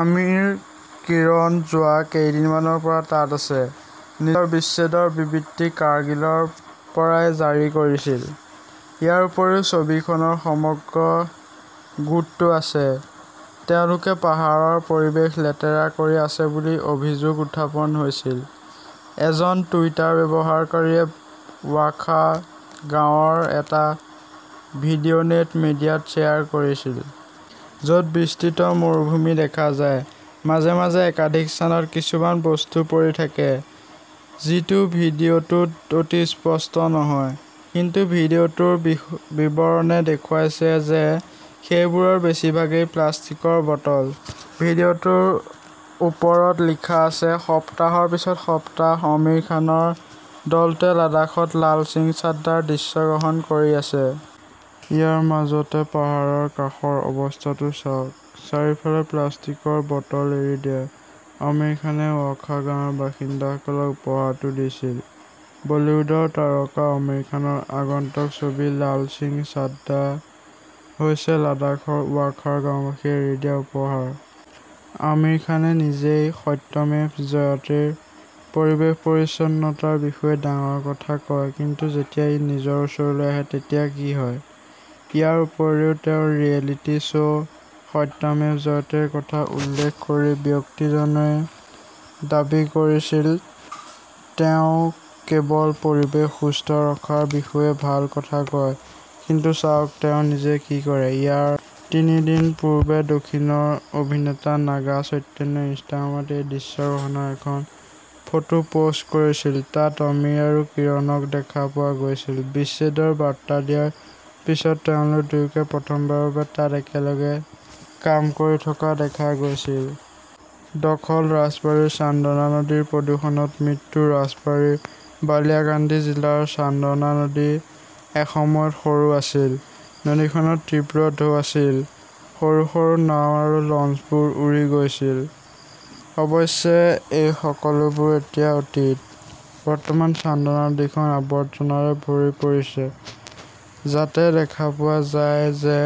আমিৰ, কিৰণ যোৱা কেইদিনমানৰ পৰা তাত আছে। নিজৰ বিচ্ছেদৰ বিবৃতি কাৰ্গিলৰ পৰাই জাৰি কৰিছিল। ইয়াৰ উপৰিও ছবিখনৰ সমগ্ৰ গোটটো আছে। তেওঁলোকে পাহাৰৰ পৰিৱেশ লেতেৰা কৰি আছে বুলি অভিযোগ উত্থাপন হৈছিল। এজন টুইটাৰ ব্যৱহাৰকাৰীয়ে ৱাখা গাঁৱৰ এটা ভিডিঅনেট মিডিয়াত শ্বেয়াৰ কৰিছিল। য'ত বিস্তৃত মৰুভূমি দেখা যায়। মাজে মাজে একাধিক স্থানত কিছুমান বস্তু পৰি থাকে। যিটো ভিডিঅটোত অতি স্পষ্ট নহয়। কিন্তু ভিডিঅটোৰ বিৱৰণে দেখুৱাইছে যে সেইবোৰৰ বেছিভাগেই প্লাষ্টিকৰ বটল। ভিডিঅ'টোৰ ওপৰত লিখা আছে, সপ্তাহৰ পিছত সপ্তাহ আমিৰ খানৰ দলটোৱে লাডাখত লাল সিং চাড্ডাৰ দৃশ্যগ্ৰহণ কৰি আছে। ইয়াৰ মাজতে পাহাৰৰ কাষৰ অৱস্থাটো চাওক। চাৰিওফালে প্লাষ্টিকৰ বটল এৰি দিয়া। আমিৰ খানে ৱাখা গাঁৱৰ বাসিন্দাসকলক উপহাৰটো দিছিল। বলীউডৰ তাৰকা আমিৰ খানৰ আগন্তুক ছবি লাল সিং চাডা হৈছে লাডাখৰ ৱাখাৰ গাওঁবাসীয়ে এৰি দিয়া উপহাৰ। আমিৰ খানে নিজেই সত্যমেভ জয়তেৰ পৰিৱেশ পৰিষ্কাৰ-পৰিচ্ছন্নতাৰ বিষয়ে ডাঙৰ কথা কয় কিন্তু যেতিয়া ই নিজৰ ওচৰলৈ আহে তেতিয়া কি হয়। ইয়াৰ উপৰিও তেওঁৰ ৰিয়েলিটি শ্ব সত্যমেব জয়তেৰ কথা উল্লেখ কৰি ব্যক্তিজনৱে দাবী কৰিছিল, তেওঁ কেৱল পৰিৱেশ সুস্থ ৰখাৰ বিষয়ে ভাল কথা কয়, কিন্তু চাওক তেওঁ নিজে কি কৰে। ইয়াৰ তিনি দিন পূৰ্বে দক্ষিণৰ অভিনেতা নাগা চৈতন্যই ইনষ্টাগ্ৰামত এই দৃশ্যগ্ৰহণৰ এখন ফটো পোষ্ট কৰিছিল। তাত আমিৰ আৰু কিৰণক দেখা পোৱা গৈছিল। বিচ্ছেদৰ বাৰ্তা দিয়াৰ পিছত তেওঁলোক দুয়োকে প্ৰথমবাৰৰ বাবে তাত একেলগে কাম কৰি থকা দেখা গৈছিল। দখল ৰাজবাৰীৰ চান্দনা নদীৰ প্ৰদূষণত মৃত্যু ৰাজবাৰীৰ বালিয়াকান্দি জিলাৰ চান্দনা নদী এসময়ত সৰু আছিল। নদীখনত তীব্ৰ ঢৌ আছিল। সৰু - সৰু নাও আৰু লঞ্চবোৰ উৰি গৈছিল। অৱশ্যে, এই সকলোবোৰ এতিয়া অতীত। বৰ্তমান, চান্দনা নদীখন আৱৰ্জনাৰে ভৰি পৰিছে যাতে দেখা পোৱা যায় যে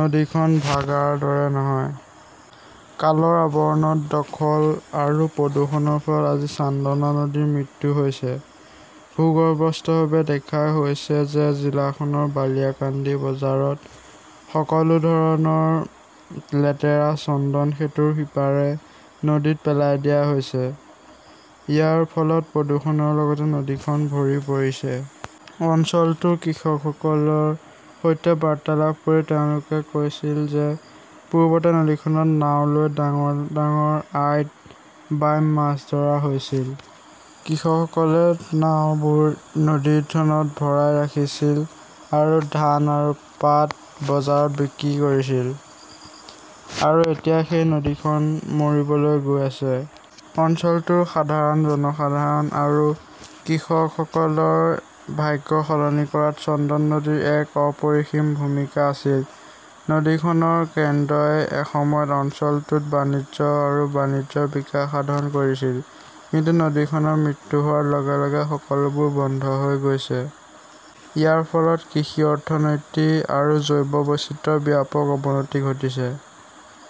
নদীখন ভাগাৰ দৰে নহয়। কালৰ আৱৰণত দখল আৰু প্ৰদূষণৰ ফলত আজি চান্দনা নদীৰ মৃত্যু হৈছে। ভূগৰ্ভস্থভাৱে দেখা গৈছে যে জিলাখনৰ বালিয়াকান্দি বজাৰত সকলো ধৰণৰ লেতেৰা চন্দন সেতুৰ সিপাৰে নদীত পেলাই দিয়া হৈছে। ইয়াৰ ফলত প্ৰদূষণৰ লগতে নদীখন ভৰি পৰিছে। অঞ্চলটোৰ কৃষকসকলৰ সৈতে বাৰ্তালাপ কৰি তেওঁলোকে কৈছিল যে পূৰ্বতে নদীখনত নাও লৈ ডাঙৰ - ডাঙৰ আইড, বাইম মাছ ধৰা হৈছিল। কৃষকসকলে নাওবোৰ নদীখনত ভৰাই ৰাখিছিল আৰু ধান আৰু পাট বজাৰত বিক্ৰী কৰিছিল। আৰু এতিয়া সেই নদীখন মৰিবলৈ গৈ আছে। অঞ্চলটোৰ সাধাৰণ জনসাধাৰণ আৰু কৃষকসকলৰ ভাগ্য সলনি কৰাত চন্দন নদীৰ এক অপৰিসীম ভূমিকা আছিল। নদীখনৰ কেন্দ্ৰই এসময়ত অঞ্চলটোত বাণিজ্য আৰু বাণিজ্যৰ বিকাশ সাধন কৰিছিল। কিন্তু নদীখনৰ মৃত্যু হোৱাৰ লগে - লগে সকলোবোৰ বন্ধ হৈ গৈছে। ইয়াৰ ফলত কৃষি অৰ্থনীতি আৰু জৈৱ বৈচিত্ৰ্যৰ ব্যাপক অৱনতি ঘটিছে।